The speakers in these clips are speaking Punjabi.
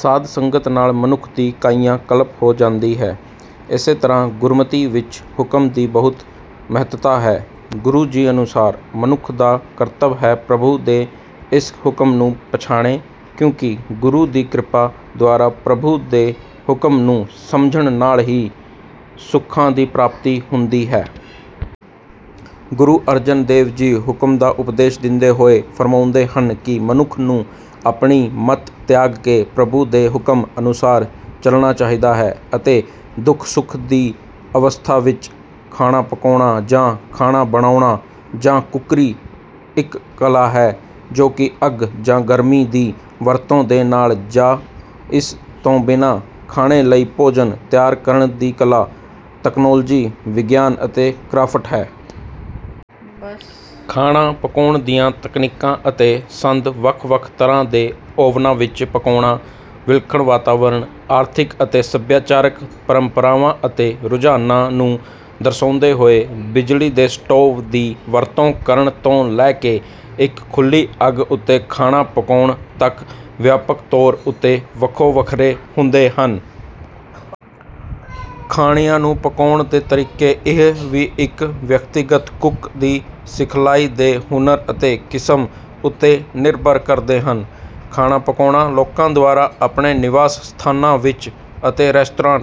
ਸਾਧ ਸੰਗਤ ਨਾਲ ਮਨੁੱਖ ਦੀ ਕਾਇਆ ਕਲਪ ਹੋ ਜਾਂਦੀ ਹੈ। ਇਸੇ ਤਰ੍ਹਾਂ ਗੁਰਮਤਿ ਵਿੱਚ ਹੁਕਮ ਦੀ ਬਹੁਤ ਮਹੱਤਤਾ ਹੈ। ਗੁਰੂ ਜੀ ਅਨੁਸਾਰ ਮਨੁੱਖ ਦਾ ਕਰਤੱਵ ਹੈ ਪ੍ਰਭੂ ਦੇ ਇਸ ਹੁਕਮ ਨੂੰ ਪਛਾਣੇ ਕਿਉਂਕਿ ਗੁਰੂ ਦੀ ਕਿਰਪਾ ਦੁਆਰਾ ਪ੍ਰਭੂ ਦੇ ਹੁਕਮ ਨੂੰ ਸਮਝਣ ਨਾਲ ਹੀ ਸੁੱਖਾਂ ਦੀ ਪ੍ਰਾਪਤੀ ਹੁੰਦੀ ਹੈ। ਗੁਰੂ ਅਰਜਨ ਦੇਵ ਜੀ ਹੁਕਮ ਦਾ ਉਪਦੇਸ਼ ਦਿੰਦੇ ਹੋਏ ਫਰਮਾਉਂਦੇ ਹਨ ਕਿ ਮਨੁੱਖ ਨੂੰ ਆਪਣੀ ਮਤ ਤਿਆਗ ਕੇ ਪ੍ਰਭੂ ਦੇ ਹੁਕਮ ਅਨੁਸਾਰ ਚਲਣਾ ਚਾਹੀਦਾ ਹੈ ਅਤੇ ਦੁੱਖ ਸੁੱਖ ਦੀ ਅਵਸਥਾ ਵਿੱਚ। ਖਾਣਾ ਪਕਾਉਣਾ ਜਾਂ ਖਾਣਾ ਬਣਾਉਣਾ ਜਾਂ ਕੁੱਕਰੀ ਇੱਕ ਕਲਾ ਹੈ, ਜੋ ਕਿ ਅੱਗ ਜਾਂ ਗਰਮੀ ਦੀ ਵਰਤੋਂ ਦੇ ਨਾਲ ਜਾਂ ਇਸ ਤੋਂ ਬਿਨਾਂ ਖਾਣੇ ਲਈ ਭੋਜਨ ਤਿਆਰ ਕਰਨ ਦੀ ਕਲਾ, ਤਕਨਾਲੋਜੀ, ਵਿਗਿਆਨ ਅਤੇ ਕਰਾਫਟ ਹੈ। ਖਾਣਾ ਪਕਾਉਣ ਦੀਆਂ ਤਕਨੀਕਾਂ ਅਤੇ ਸੰਦ ਵੱਖ ਵੱਖ ਤਰ੍ਹਾਂ ਦੇ ਓਵਨਾਂ ਵਿੱਚ ਪਕਾਉਣਾ, ਵਿਲੱਖਣ ਵਾਤਾਵਰਣ, ਆਰਥਿਕ ਅਤੇ ਸੱਭਿਆਚਾਰਕ ਪਰੰਪਰਾਵਾਂ ਅਤੇ ਰੁਝਾਨਾਂ ਨੂੰ ਦਰਸਾਉਂਦੇ ਹੋਏ, ਬਿਜਲੀ ਦੇ ਸਟੋਵ ਦੀ ਵਰਤੋਂ ਕਰਨ ਤੋਂ ਲੈ ਕੇ ਇੱਕ ਖੁੱਲ੍ਹੀ ਅੱਗ ਉੱਤੇ ਖਾਣਾ ਪਕਾਉਣ ਤੱਕ, ਵਿਆਪਕ ਤੌਰ ਉੱਤੇ ਵੱਖੋ ਵੱਖਰੇ ਹੁੰਦੇ ਹਨ। ਖਾਣਿਆਂ ਨੂੰ ਪਕਾਉਣ ਦੇ ਤਰੀਕੇ ਇਹ ਵੀ ਇੱਕ ਵਿਅਕਤੀਗਤ ਕੁੱਕ ਦੀ ਸਿਖਲਾਈ ਦੇ ਹੁਨਰ ਅਤੇ ਕਿਸਮ ਉੱਤੇ ਨਿਰਭਰ ਕਰਦੇ ਹਨ। ਖਾਣਾ ਪਕਾਉਣਾ ਲੋਕਾਂ ਦੁਆਰਾ ਆਪਣੇ ਨਿਵਾਸ ਸਥਾਨਾਂ ਵਿੱਚ ਅਤੇ ਰੈਸਤਰਾਂ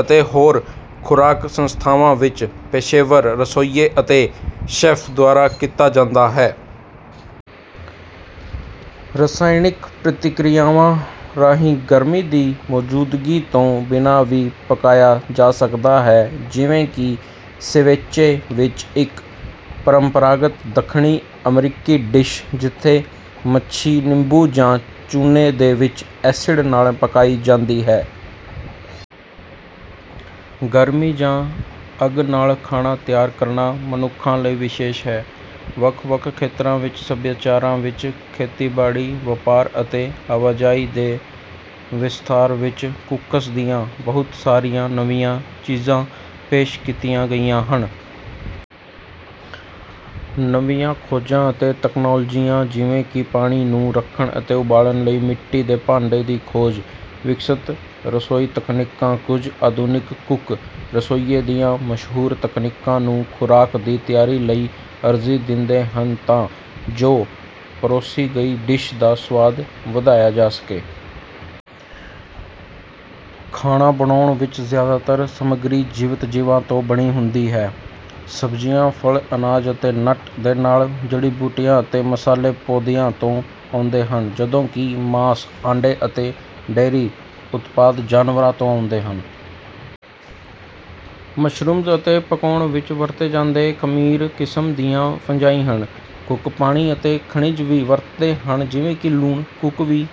ਅਤੇ ਹੋਰ ਖੁਰਾਕ ਸੰਸਥਾਵਾਂ ਵਿੱਚ ਪੇਸ਼ੇਵਰ ਰਸੋਈਏ ਅਤੇ ਸ਼ੈੱਫ਼ਜ਼ ਦੁਆਰਾ ਕੀਤਾ ਜਾਂਦਾ ਹੈ। ਰਸਾਇਣਕ ਪ੍ਰਤੀਕ੍ਰਿਆਵਾਂ ਰਾਹੀਂ ਗਰਮੀ ਦੀ ਮੌਜੂਦਗੀ ਤੋਂ ਬਿਨਾਂ ਵੀ ਪਕਾਇਆ ਜਾ ਸਕਦਾ ਹੈ, ਜਿਵੇਂ ਕਿ ਸੇਵੇਚੇ ਵਿੱਚ, ਇੱਕ ਪਰੰਪਰਾਗਤ ਦੱਖਣੀ ਅਮਰੀਕੀ ਡਿਸ਼, ਜਿੱਥੇ ਮੱਛੀ ਨਿੰਬੂ ਜਾਂ ਚੂਨੇ ਦੇ ਵਿੱਚ ਐਸਿਡ ਨਾਲ ਪਕਾਈ ਜਾਂਦੀ ਹੈ। ਗਰਮੀ ਜਾਂ ਅੱਗ ਨਾਲ ਖਾਣਾ ਤਿਆਰ ਕਰਨਾ ਮਨੁੱਖਾਂ ਲਈ ਵਿਸ਼ੇਸ਼ ਹੈ। ਵੱਖ ਵੱਖ ਖੇਤਰਾਂ ਵਿੱਚ ਸਭਿਆਚਾਰਾਂ ਵਿੱਚ ਖੇਤੀਬਾੜੀ, ਵਪਾਰ, ਅਤੇ ਆਵਾਜਾਈ ਦੇ ਵਿਸਥਾਰ ਵਿੱਚ ਕੁੱਕਸ ਦੀਆਂ ਬਹੁਤ ਸਾਰੀਆਂ ਨਵੀਆਂ ਚੀਜ਼ਾਂ ਪੇਸ਼ ਕੀਤੀਆਂ ਗਈਆਂ ਹਨ। ਨਵੀਆਂ ਖੋਜਾਂ ਅਤੇ ਤਕਨਾਲੋਜੀਆਂ, ਜਿਵੇਂ ਕਿ ਪਾਣੀ ਨੂੰ ਰੱਖਣ ਅਤੇ ਉਬਾਲਣ ਲਈ ਮਿੱਟੀ ਦੇ ਭਾਂਡੇ ਦੀ ਖੋਜ, ਵਿਕਸਤ ਰਸੋਈ ਤਕਨੀਕਾਂ। ਕੁਝ ਆਧੁਨਿਕ ਕੁੱਕ ਰਸੋਈਏ ਦੀਆਂ ਮਸ਼ਹੂਰ ਤਕਨੀਕਾਂ ਨੂੰ ਖੁਰਾਕ ਦੀ ਤਿਆਰੀ ਲਈ ਅਰਜ਼ੀ ਦਿੰਦੇ ਹਨ ਤਾਂ ਜੋ ਪਰੋਸੀ ਗਈ ਡਿਸ਼ ਦਾ ਸੁਆਦ ਵਧਾਇਆ ਜਾ ਸਕੇ। ਖਾਣਾ ਬਣਾਉਣ ਵਿੱਚ ਜ਼ਿਆਦਾਤਰ ਸਮੱਗਰੀ ਜੀਵਤ ਜੀਵਾਂ ਤੋਂ ਬਣੀ ਹੁੰਦੀ ਹੈ। ਸਬਜ਼ੀਆਂ, ਫਲ, ਅਨਾਜ ਅਤੇ ਨਟ ਦੇ ਨਾਲ ਜੜੀ ਬੂਟੀਆਂ ਅਤੇ ਮਸਾਲੇ ਪੌਦਿਆਂ ਤੋਂ ਆਉਂਦੇ ਹਨ, ਜਦੋਂ ਕਿ ਮਾਸ, ਆਂਡੇ ਅਤੇ ਡੇਅਰੀ ਉਤਪਾਦ ਜਾਨਵਰਾਂ ਤੋਂ ਆਉਂਦੇ ਹਨ। ਮਸ਼ਰੂਮਜ਼ ਅਤੇ ਪਕਾਉਣ ਵਿੱਚ ਵਰਤੇ ਜਾਂਦੇ ਖਮੀਰ ਕਿਸਮ ਦੀਆਂ ਫੰਜਾਈ ਹਨ। ਕੁੱਕ ਪਾਣੀ ਅਤੇ ਖਣਿਜ ਵੀ ਵਰਤਦੇ ਹਨ ਜਿਵੇਂ ਕਿ ਲੂਣ। ਕੁੱਕ ਵੀ...